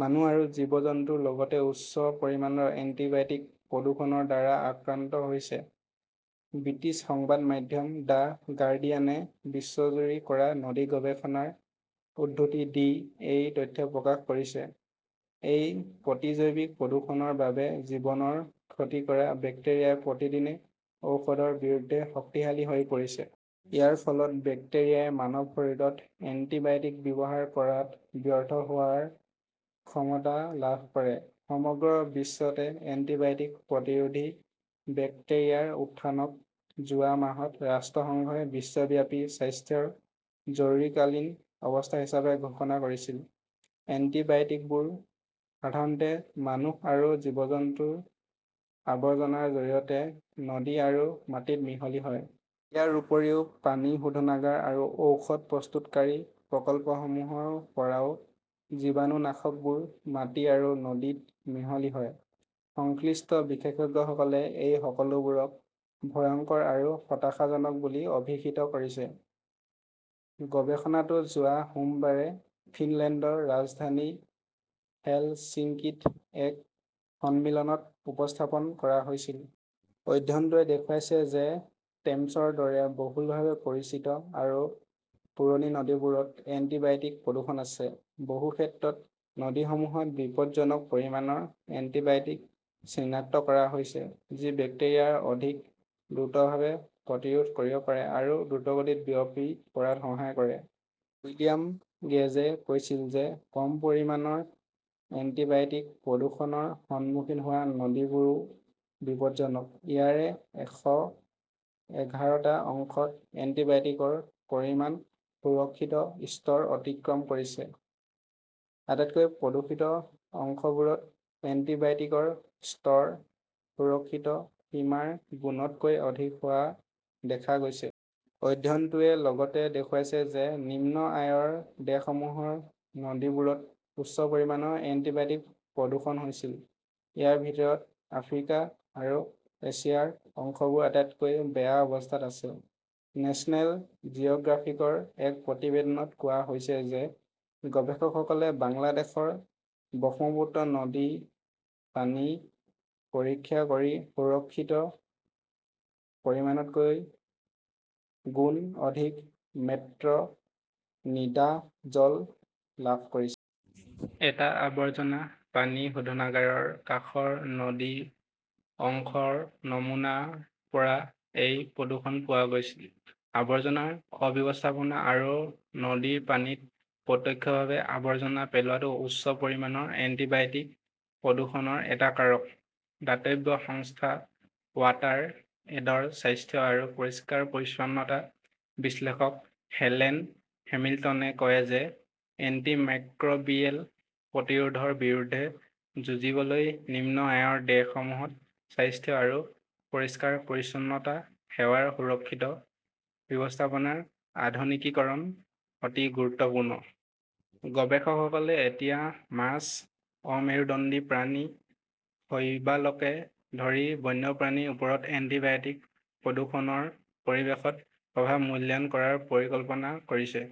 মানুহ আৰু জীৱ-জন্তুৰ লগতে নদীবোৰো উচ্চ পৰিমাণৰ এণ্টিবায়টিক প্ৰদূষণৰ দ্বাৰা আক্ৰান্ত হৈছে। ব্ৰিটিছ সংবাদ মাধ্যম দ্য গাৰ্ডিয়ানে বিশ্বজুৰি কৰা নদী গৱেষণাৰ উদ্ধৃতি দি এই তথ্য প্ৰকাশ কৰিছে। এই প্ৰতিজৈৱিক প্ৰদূষণৰ বাবেই জীৱনৰ ক্ষতি কৰা বেক্টেৰিয়াই প্ৰতিদিনে ঔষধৰ বিৰুদ্ধে শক্তিশালী হৈ পৰিছে। ইয়াৰ ফলত বেক্টেৰিয়াই মানৱ শৰীৰত এন্টিবায়টিক ব্যৱহাৰ কৰাত ব্যৰ্থ হোৱাৰ ক্ষমতা লাভ কৰে। সমগ্ৰ বিশ্বতে এণ্টিবায়টিক-প্ৰতিৰোধী বেক্টেৰিয়াৰ উত্থানক যোৱা মাহত ৰাষ্ট্ৰসংঘই বিশ্বব্যাপী স্বাস্থ্যৰ জৰুৰীকালীন অৱস্থা হিচাপে ঘোষণা কৰিছিল। এণ্টিবায়টিকবোৰ সাধাৰণতে মানুহ আৰু জীৱ-জন্তুৰ আৱৰ্জনাৰ জৰিয়তে নদী আৰু মাটিত মিহলি হয়। ইয়াৰ উপৰিও পানী শোধনাগাৰ আৰু ঔষধ প্ৰস্তুতকাৰী প্ৰকল্পসমূহৰ পৰাও জীৱাণুনাশকবোৰ মাটি আৰু নদীত মিহলি হয়। সংশ্লিষ্ট বিশেষজ্ঞসকলে এই সকলোবোৰক ভয়ংকৰ আৰু হতাশাজনক বুলি অভিহিত কৰিছে। গৱেষণাটো যোৱা সোমবাৰে ফিনলেণ্ডৰ ৰাজধানী হেলচিংকীত এক সন্মিলনত উপস্থাপন কৰা হৈছিল। অধ্যয়নটোৱে দেখুৱাইছে যে টেমছৰ দৰে বহুলভাৱে পৰিচিত আৰু পুৰণি নদীবোৰত এণ্টিবায়টিক প্ৰদূষণ আছে। বহু ক্ষেত্ৰত নদীসমূহত বিপদজনক পৰিমাণৰ এণ্টিবায়টিক চিনাক্ত কৰা হৈছে। যি বেক্টেৰিয়াক অধিক দ্ৰুতভাৱে প্ৰতিৰোধ কৰিব পাৰে আৰু দ্ৰুতগতিত বিয়পি পৰাত সহায় কৰে। উইলিয়াম গেজে কৈছিল যে কম পৰিমাণৰ এণ্টিবায়টিক প্ৰদূষণৰ সন্মুখীন হোৱা নদীবোৰো বিপদজনক। ইয়াৰে এশ এঘাৰটা অংশত এন্টিবায়টিকৰ পৰিমাণ সুৰক্ষিত স্তৰ অতিক্ৰম কৰিছে। আটাইতকৈ প্ৰদূষিত অংশবোৰত এন্টিবায়টিকৰ স্তৰ সুৰক্ষিত সীমাৰ গুণতকৈ অধিক হোৱা দেখা গৈছে। অধ্যয়নটোৱে লগতে দেখুৱাইছে যে নিম্ন আয়ৰ দেশসমূহৰ নদীবোৰত উচ্চ পৰিমাণৰ এণ্টিবায়টিক প্ৰদূষণ হৈছিল। ইয়াৰ ভিতৰত আফ্ৰিকা আৰু এছিয়াৰ অংশবোৰ আটাইতকৈ বেয়া অৱস্থাত আছে। নেচনেল জিঅ গ্ৰাফিকৰ এক প্ৰতিবেদনত কোৱা হৈছে যে গৱেষকসকলে বাংলাদেশৰ ব্ৰহ্মপুত্ৰ নদীৰ পানী পৰীক্ষা কৰি সুৰক্ষিত পৰিমাণতকৈ গুণ অধিক মেট্ৰ নিডাজল লাভ কৰিছে। এটা আৱৰ্জনা পানী শোধনাগাৰৰ কাষৰ নদীৰ অংশৰ নমুনাৰ পৰা এই প্ৰদূষণ পোৱা গৈছিল। আৱৰ্জনাৰ অব্যৱস্থাপনা আৰু নদীৰ পানীত প্ৰত্যক্ষভাৱে আৱৰ্জনা পেলোৱাটো উচ্চ পৰিমাণৰ এণ্টিবায়টিক প্ৰদূষণৰ এটা কাৰক। দাতব্য সংস্থা ৱাটাৰ এডৰ স্বাস্থ্য আৰু পৰিষ্কাৰ-পৰিচ্ছন্নতা বিশ্লেষক হেলেন হেমিল্টনে কয় যে এন্টিমাইক্ৰোবিয়েল প্ৰতিৰোধৰ বিৰুদ্ধে যুঁজিবলৈ নিম্ন আয়ৰ দেশসমূহত স্বাস্থ্য আৰু পৰিষ্কাৰ-পৰিচ্ছন্নতা সেৱাৰ সুৰক্ষিত ব্যৱস্থাপনাৰ আধুনিকীকৰণ অতি গুৰুত্বপূৰ্ণ। গৱেষকসকলে এতিয়া মাছ, অমেৰুদণ্ডী প্ৰাণী, শৈবালকে ধৰি বন্যপ্ৰাণীৰ ওপৰত এন্টিবায়টিক প্ৰদূষণৰ পৰিৱেশগত প্ৰভাৱ মূল্যায়ন কৰাৰ পৰিকল্পনা কৰিছে।